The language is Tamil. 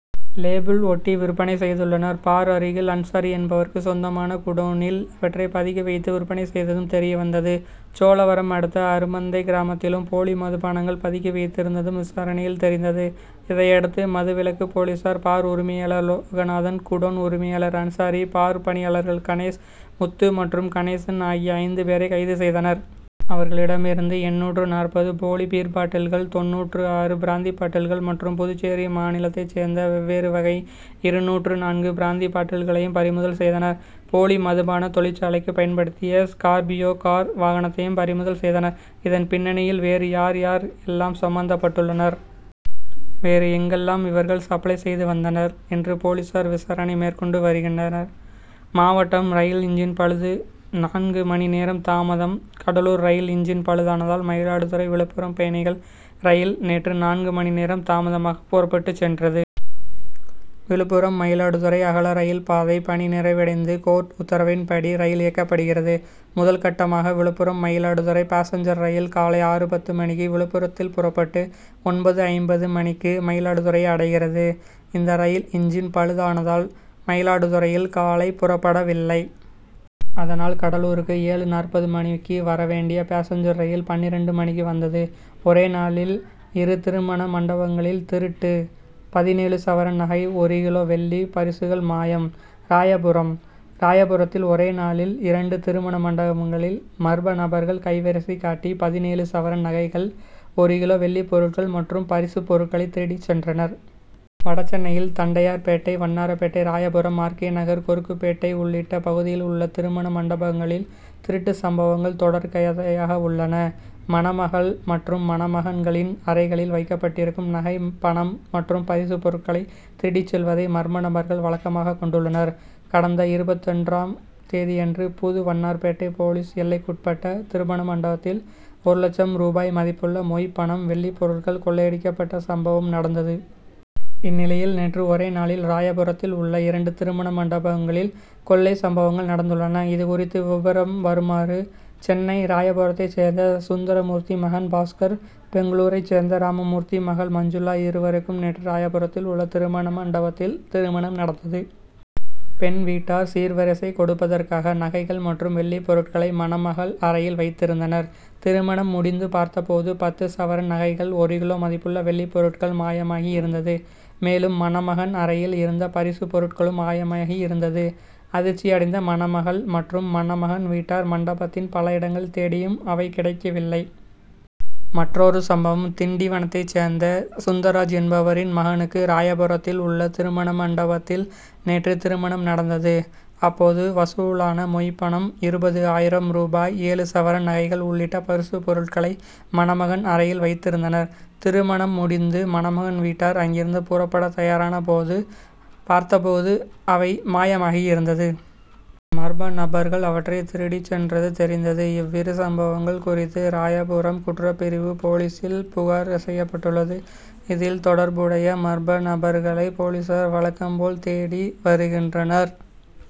லேபிள் ஒட்டி விற்பனை செய்துள்ளனர். பார் அருகில் அன்சாரி என்பவருக்கு சொந்தமான குடோனில் இவற்றை பதுக்கி வைத்து விற்பனை செய்ததும் தெரியவந்தது. சோழவரம் அடுத்த அருமந்தை கிராமத்திலும் போலி மதுபானங்கள் பதுக்கி வைத்திருந்ததும் விசாரணையில் தெரிந்தது. இதையடுத்து மதுவிலக்கு போலீசார் பார் உரிமையாளர் லோகநாதன் குடோன் உரிமையாளர் அன்சாரி பார் பணியாளர்கள் கணேஷ் முத்து மற்றும் கணேசன் ஆகிய ஐந்து பேரை கைது செய்தனர். அவர்களிடமிருந்து எண்ணூற்று நாற்பது போலி பீர் பாட்டில்கள் தொண்ணூற்று ஆறு பிராந்தி பாட்டில்கள் மற்றும் புதுச்சேரி மாநிலத்தை சேர்ந்த வெவ்வேறு வகை இருநூற்று நான்கு பிராந்தி பாட்டில்களையும் பறிமுதல் செய்தனர். போலி மதுபான தொழிற்சாலைக்கு பயன்படுத்திய ஸ்கார்பியோ கார் வாகனத்தையும் பறிமுதல் செய்தனர். இதன் பின்னணியில் வேறு யார் யார் எல்லாம் சம்பந்தப்பட்டுள்ளனர்? வேறு எங்கெல்லாம் இவர்கள் சப்ளை செய்து வந்தனர்? என்று போலீசார் விசாரணை மேற்கொண்டு வருகின்றனர். மாவட்டம் ரயில் இன்ஜின் பழுது நான்கு மணி நேரம் தாமதம் கடலூர் ரயில் இன்ஜின் பழுதானதால் மயிலாடுதுறை விழுப்புரம் பயணிகள் ரயில் நேற்று நான்கு மணி நேரம் தாமதமாக புறப்பட்டுச் சென்றது. விழுப்புரம் மயிலாடுதுறை அகல ரயில் பாதை பணி நிறைவடைந்து கோர்ட் உத்தரவின்படி ரயில் இயக்கப்படுகிறது. முதல் கட்டமாக விழுப்புரம் மயிலாடுதுறை பாசஞ்சர் ரயில் காலை ஆறு பத்து மணிக்கு விழுப்புரத்தில் புறப்பட்டு ஒன்பது ஐம்பது மணிக்கு மயிலாடுதுறையை அடைகிறது. இந்த ரயில் இன்ஜின் பழுதானதால் மயிலாடுதுறையில் காலை புறப்படவில்லை. அதனால் கடலூருக்கு ஏழு நாற்பது மணிக்கு வர வேண்டிய பாசஞ்சர் ரயில் பன்னிரண்டு மணிக்கு வந்தது. ஒரே நாளில் இரு திருமண மண்டபங்களில் திருட்டு பதினேழு சவரன் நகை ஒரு கிலோ வெள்ளி பரிசுகள் மாயம் ராயபுரம் ராயபுரத்தில் ஒரே நாளில் இரண்டு திருமண மண்டபங்களில் மர்ம நபர்கள் கைவரிசை காட்டி பதினேழு சவரன் நகைகள் ஒரு கிலோ வெள்ளிப்பொருட்கள் மற்றும் பரிசு பொருட்களை திருடிச் சென்றனர். வடசென்னையில் தண்டையார்பேட்டை வண்ணாரபேட்டை ராயபுரம் ஆர். கே. நகர் கொருக்குபேட்டை உள்ளிட்ட பகுதிகளில் உள்ள திருமண மண்டபங்களில் திருட்டு சம்பவங்கள் தொடர்கதையாகவுள்ளன. மணமகள் மற்றும் மணமகன்களின் அறைகளில் வைக்கப்பட்டிருக்கும் நகை பணம் மற்றும் பரிசு பொருட்களை திருடிச் செல்வதை மர்மநபர்கள் வழக்கமாகக் கொண்டுள்ளனர். கடந்த இருபத்தொன்றாம் தேதியன்று புது வண்ணாரபேட்டை போலீஸ் எல்லைக்குட்பட்ட திருமண மண்டபத்தில் ஒரு லட்சம் ரூபாய் மதிப்புள்ள மொய் பணம் வெள்ளிப் பொருட்கள் கொள்ளையடிக்கப்பட்ட சம்பவம் நடந்தது. இந்நிலையில் நேற்று ஒரே நாளில் ராயபுரத்தில் உள்ள இரண்டு திருமண மண்டபங்களில் கொள்ளை சம்பவங்கள் நடந்துள்ளன. இது குறித்த விவரம் வருமாறு சென்னை ராயபுரத்தைச் சேர்ந்த சுந்தரமூர்த்தி மகன் பாஸ்கர். பெங்களூரைச் சேர்ந்த ராமமூர்த்தி மகள் மஞ்சுளா. இருவருக்கும் நேற்று ராயபுரத்தில் உள்ள திருமண மண்டபத்தில் திருமணம் நடந்தது. பெண் வீட்டார் சீர்வரிசை கொடுப்பதற்காக நகைகள் மற்றும் வெள்ளி பொருட்களை மணமகள் அறையில் வைத்திருந்தனர். திருமணம் முடிந்து பார்த்தபோது பத்து சவரன் நகைகள் ஒரு கிலோ மதிப்புள்ள வெள்ளி பொருட்கள் மாயமாகி இருந்தது. மேலும் மணமகன் அறையில் இருந்த பரிசு பொருட்களும் மாயமாகி இருந்தது. அதிர்ச்சி அடைந்த மணமகள் மற்றும் மணமகன் வீட்டார் மண்டபத்தின் பல இடங்களில் தேடியும் அவை கிடைக்கவில்லை. மற்றொரு சம்பவம் திண்டிவனத்தைச் சேர்ந்த சுந்தர்ராஜ் என்பவரின் மகனுக்கு ராயபுரத்தில் உள்ள திருமண மண்டபத்தில் நேற்று திருமணம் நடந்தது. அப்போது வசூலான மொய் பணம் இருபது ஆயிரம் ரூபாய் ஏழு சவரன் நகைகள் உள்ளிட்ட பரிசு பொருட்களை மணமகன் அறையில் வைத்திருந்தனர். திருமணம் முடிந்து மணமகன் வீட்டார் அங்கிருந்து புறப்பட தயாரானபோது பார்த்தபோது அவை மாயமாகி இருந்தது. மர்மநபர்கள் அவற்றை திருடிச் சென்றது தெரிந்தது. இவ்விரு சம்பவங்கள் குறித்து ராயபுரம் குற்றப்பிரிவு போலீசில் புகார் செய்யப்பட்டுள்ளது. இதில் தொடர்புடைய மர்ம நபர்களை போலீசார் வழக்கம் போல் தேடி வருகின்றனர்.